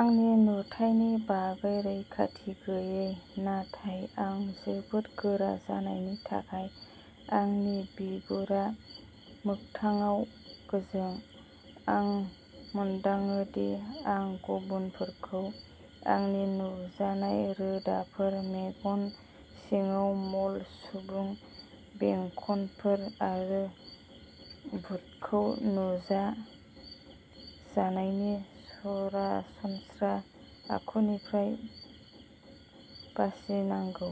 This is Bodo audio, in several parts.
आंनि नुथायनि बागै रैखाथि गैयै, नाथाय आं जोबोद गोरा जानायनि थाखाय आंनि बिगुरा मोगथाङाव गोजों। आं मोनदाङो दि आं गुबुनफोरखौ आंनि नुजानाय रोदाफोर, मेगन सिङाव म'ल सुबुं बेंखनफोर, आरो भुतखौ नुजा जानायनि सरासनस्रा आखुनिफ्राय बासिनांगौ।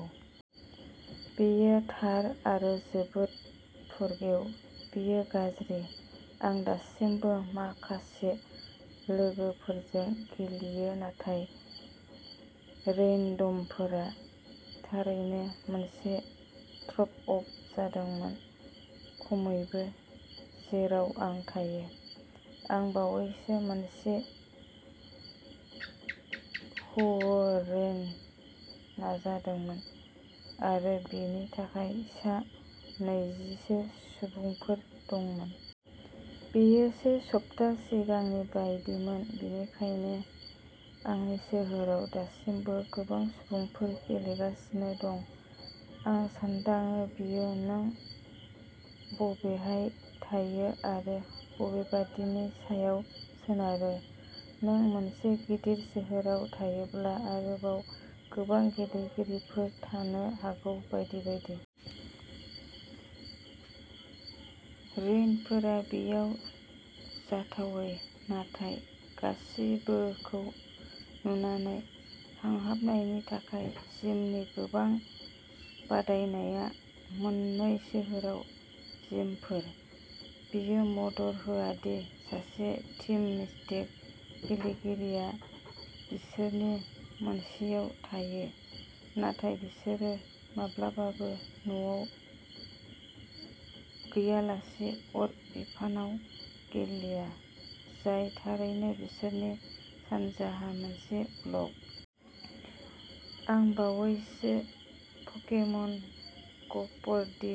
बेयो थार आरो जोबोद फुरगेव, बेयो गाज्रि। आं दासिमबो माखासे लोगोफोरजों गेलेयो नाथाय रेनडम्फोरा थारैनो मोनसे ड्रप अफ जादोंमोन खमैबो जेराव आं थायो। आं बावैसो मोनसे ह'रेन्ड नाजादोंमोन आरो बेनि थाखाय सा नैजिसो सुबुंफोर दंमोन। बेयो से सप्ता सिगांनि बायदिमोन, बेनिखायनो आंनि सोहोराव दासिमबो गोबां सुबुंफोर गेलेगासिनो दं। आं सान्दाङो बेयो नों बबेहाय थायो आरो बबेबादिनि सायाव सोनारो। नों मोनसे गिदिर सोहोराव थायोब्ला आरोबाव गोबां गेलेगिरिफोर थानो हागौ, बायदि बायदि। रेन्डफोरा बेयाव जाथावै, नाथाय गासिबोखौ नुनानै हांहाबनायनि थाखाय जिमनि गोबां बादायनाया मोननै सोहोराव जिमफोर। बेयो मदद होआ दि सासे टिम मिस्टिक गेलेगिरिया बिसोरनि मोनसेयाव थायो। नाथाय बिसोरो माब्लाबाबो न'आव गैयालासे अर बिफानआव गेलेया, जाय थारैनो बिसोरनि सानजाहा मोनसे ब्लक। आं बावैसो पकेमन ग'फर दि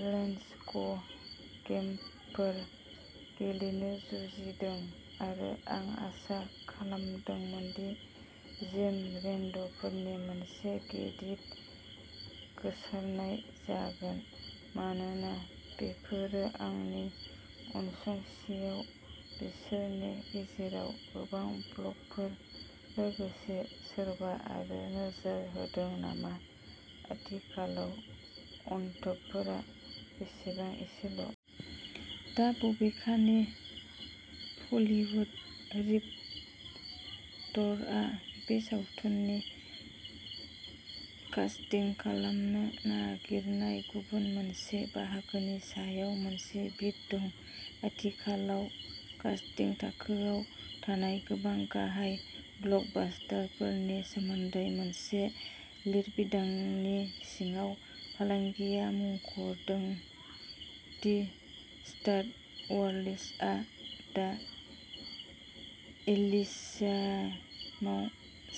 लेन्स ग' गेमफोर गेलेनो जुजिदों आरो आं आसा खालामदोंमोन दि जिम रेन्ड'फोरनि मोनसे गिदिर गोसारनाय जागोन मानोना बेफोरो आंनि अनसुंसेआव बिसोरनि गेजेराव गोबां ब्लकफोर लोगोसे, सोरबा आरो नोजोर होदों नामा आथिखालाव अनथोबफोरा बेसेबां एसेल'? दा, बबेखानि, हलिउद रिप टरआ बे सावथुननि कास्टिं खालामनो नागिरनाय गुबुन मोनसे बाहागोनि सायाव मोनसे बीट दं। आथिखालाव कास्टिं थाखोआव थानाय गोबां गाहाय ब्लकबास्टारफोरनि सोमोन्दै मोनसे लिरबिदांनि सिङाव, फालांगिया मुंख'दों दि स्टार अवार्सआ दा एलिसियामाव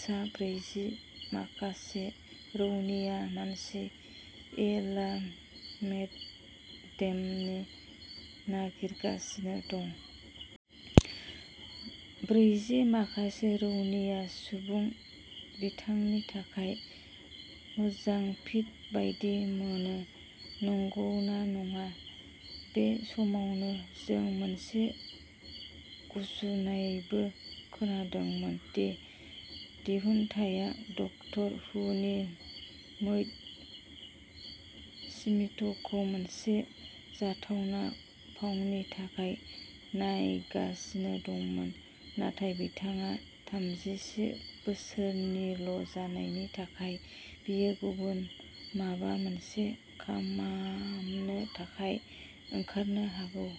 सा ब्रैजि माखासे रौनिया मानसि ए ला मेट डेमनि नागिरगासिनो दं। ब्रैजि माखासे रौनिया सुबुं बिथांनि थाखाय मोजां फिट बायदि मोनो, नंगौना नङा? बे समावनो जों मोनसे गुजुनायबो खोनादोंमोन दि दिहुनथाया डक्टर हुनि मैट स्मिथ'खौ मोनसे जाथावना फावनि थाखाय नायगासिनो दंमोन, नाथाय बिथाङा थामजिसे बोसोरनिल' जानायनि थाखाय बियो गुबुन माबा मोनसे खामामनो थाखाय ओंखारनो हागौ।